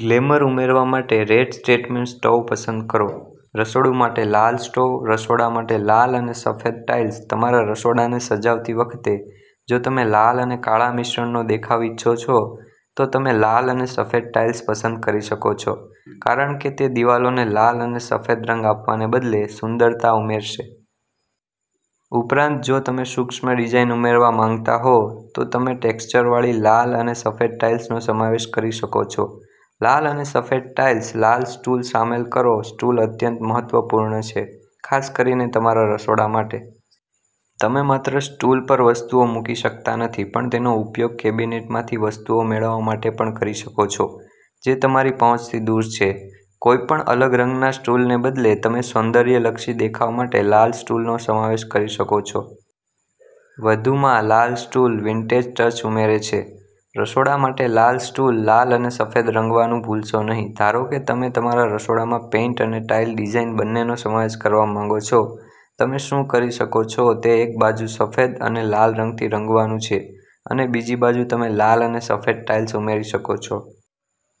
Glamour ઉમેરવા માટે red statement stove પસંદ કરો. રસોડું માટે લાલ સ્ટોવ રસોડા માટે લાલ અને સફેદ ટાઇલ્સ તમારા રસોડાને સજાવતી વખતે જો તમે લાલ અને કાળા મિશ્રણનો દેખાવ ઇચ્છો છો, તો તમે લાલ અને સફેદ ટાઇલ્સ પસંદ કરી શકો છો કારણ કે તે દિવાલોને લાલ અને સફેદ રંગ આપવાને બદલે સુંદરતા ઉમેરશે. ઉપરાંત, જો તમે સૂક્ષ્મ ડિઝાઇન ઉમેરવા માંગતા હો, તો તમે ટેક્ષ્ચરવાળી લાલ અને સફેદ ટાઇલ્સનો સમાવેશ કરી શકો છો. લાલ અને સફેદ ટાઇલ્સ લાલ સ્ટૂલ શામેલ કરો સ્ટૂલ અત્યંત મહત્વપૂર્ણ છે, ખાસ કરીને તમારા રસોડા માટે. તમે માત્ર સ્ટૂલ પરવસ્તુઓ મૂકી શકતા નથી પણ તેનો ઉપયોગ કેબિનેટમાંથી વસ્તુઓ મેળવવા માટે પણ કરી શકો છો જે તમારી પહોંચથી દૂર છે. કોઈપણ અલગ રંગના સ્ટૂલને બદલે, તમે સૌંદર્યલક્ષી દેખાવ માટે લાલ સ્ટૂલનો સમાવેશ કરી શકો છો. વધુમાં, લાલ સ્ટૂલ વિન્ટેજ ટચ ઉમેરે છે. રસોડા માટે લાલ સ્ટૂલ લાલ અને સફેદ રંગવાનું ભૂલશો નહીં ધારો કે તમે તમારા રસોડામાં પેઇન્ટ અને ટાઇલ ડિઝાઇન બંનેનો સમાવેશ કરવા માંગો છો. તમે શું કરી શકો છો તે એક બાજુ સફેદ અને લાલ રંગથી રંગવાનું છે અને બીજી બાજુ, તમે લાલ અને સફેદ ટાઇલ્સ ઉમેરી શકો છો.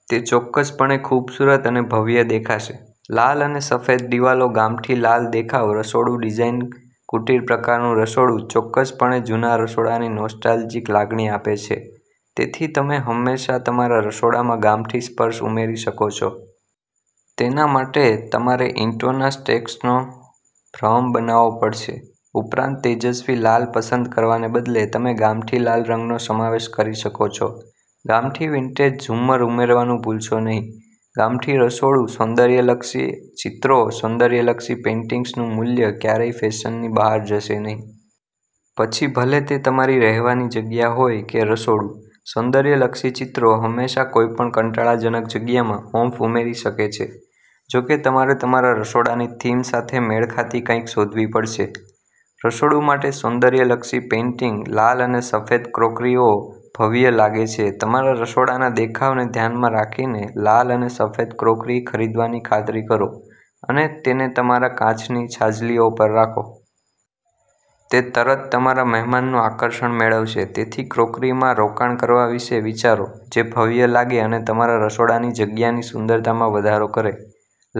તે ચોક્કસપણે ખૂબસૂરત અને ભવ્ય દેખાશે. લાલ અને સફેદ દિવાલો ગામઠી લાલ દેખાવ રસોડું ડિઝાઇન કુટીર-પ્રકારનું રસોડું ચોક્કસપણે જૂના રસોડાની નોસ્ટાલ્જિક લાગણી આપે છે. તેથી, તમે હંમેશા તમારા રસોડામાં ગામઠી સ્પર્શ ઉમેરી શકો છો. તેના માટે, તમારે ઈંટોના સ્ટેક્સનો ભ્રમ બનાવવો પડશે. ઉપરાંત, તેજસ્વી લાલ પસંદ કરવાને બદલે, તમે તે ગામઠી લાલ રંગનો સમાવેશ કરી શકો છો. ગામઠી વિન્ટેજ ઝુમ્મર ઉમેરવાનું ભૂલશો નહીં. ગામઠી રસોડું સૌંદર્યલક્ષી ચિત્રો સૌંદર્યલક્ષી પેઇન્ટિંગ્સનું મૂલ્ય ક્યારેય ફેશનની બહાર જશે નહીં. પછી ભલે તે તમારી રહેવાની જગ્યા હોય કે રસોડું, સૌંદર્યલક્ષી ચિત્રો હંમેશા કોઈપણ કંટાળાજનક જગ્યામાં ઓમ્ફ ઉમેરી શકે છે. જો કે, તમારે તમારા રસોડાની થીમ સાથે મેળ ખાતી કંઈક શોધવી પડશે. રસોડું માટે સૌંદર્યલક્ષી પેઇન્ટિંગ લાલ અને સફેદ ક્રોકરીઓ ભવ્ય લાગે છે તમારા રસોડાના દેખાવને ધ્યાનમાં રાખીને, લાલ અને સફેદ ક્રોકરી ખરીદવાની ખાતરી કરો અને તેને તમારા કાચની છાજલીઓ પર રાખો. તે તરતતમારા મહેમાનનું આકર્ષણ મેળવશે. તેથી ક્રોકરીમાં રોકાણ કરવા વિશે વિચારો જે ભવ્ય લાગે અને તમારા રસોડાની જગ્યાની સુંદરતામાં વધારો કરે.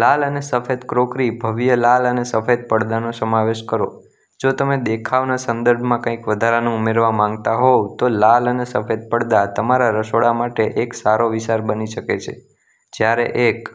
લાલ અને સફેદ ક્રોકરી ભવ્ય લાલ અને સફેદ પડદાનો સમાવેશ કરો જો તમે દેખાવના સંદર્ભમાં કંઈક વધારાનું ઉમેરવા માંગતા હોવ તો લાલ અને સફેદ પડદા તમારા રસોડા માટે એક સારો વિચાર બની શકે છે. જ્યારેએક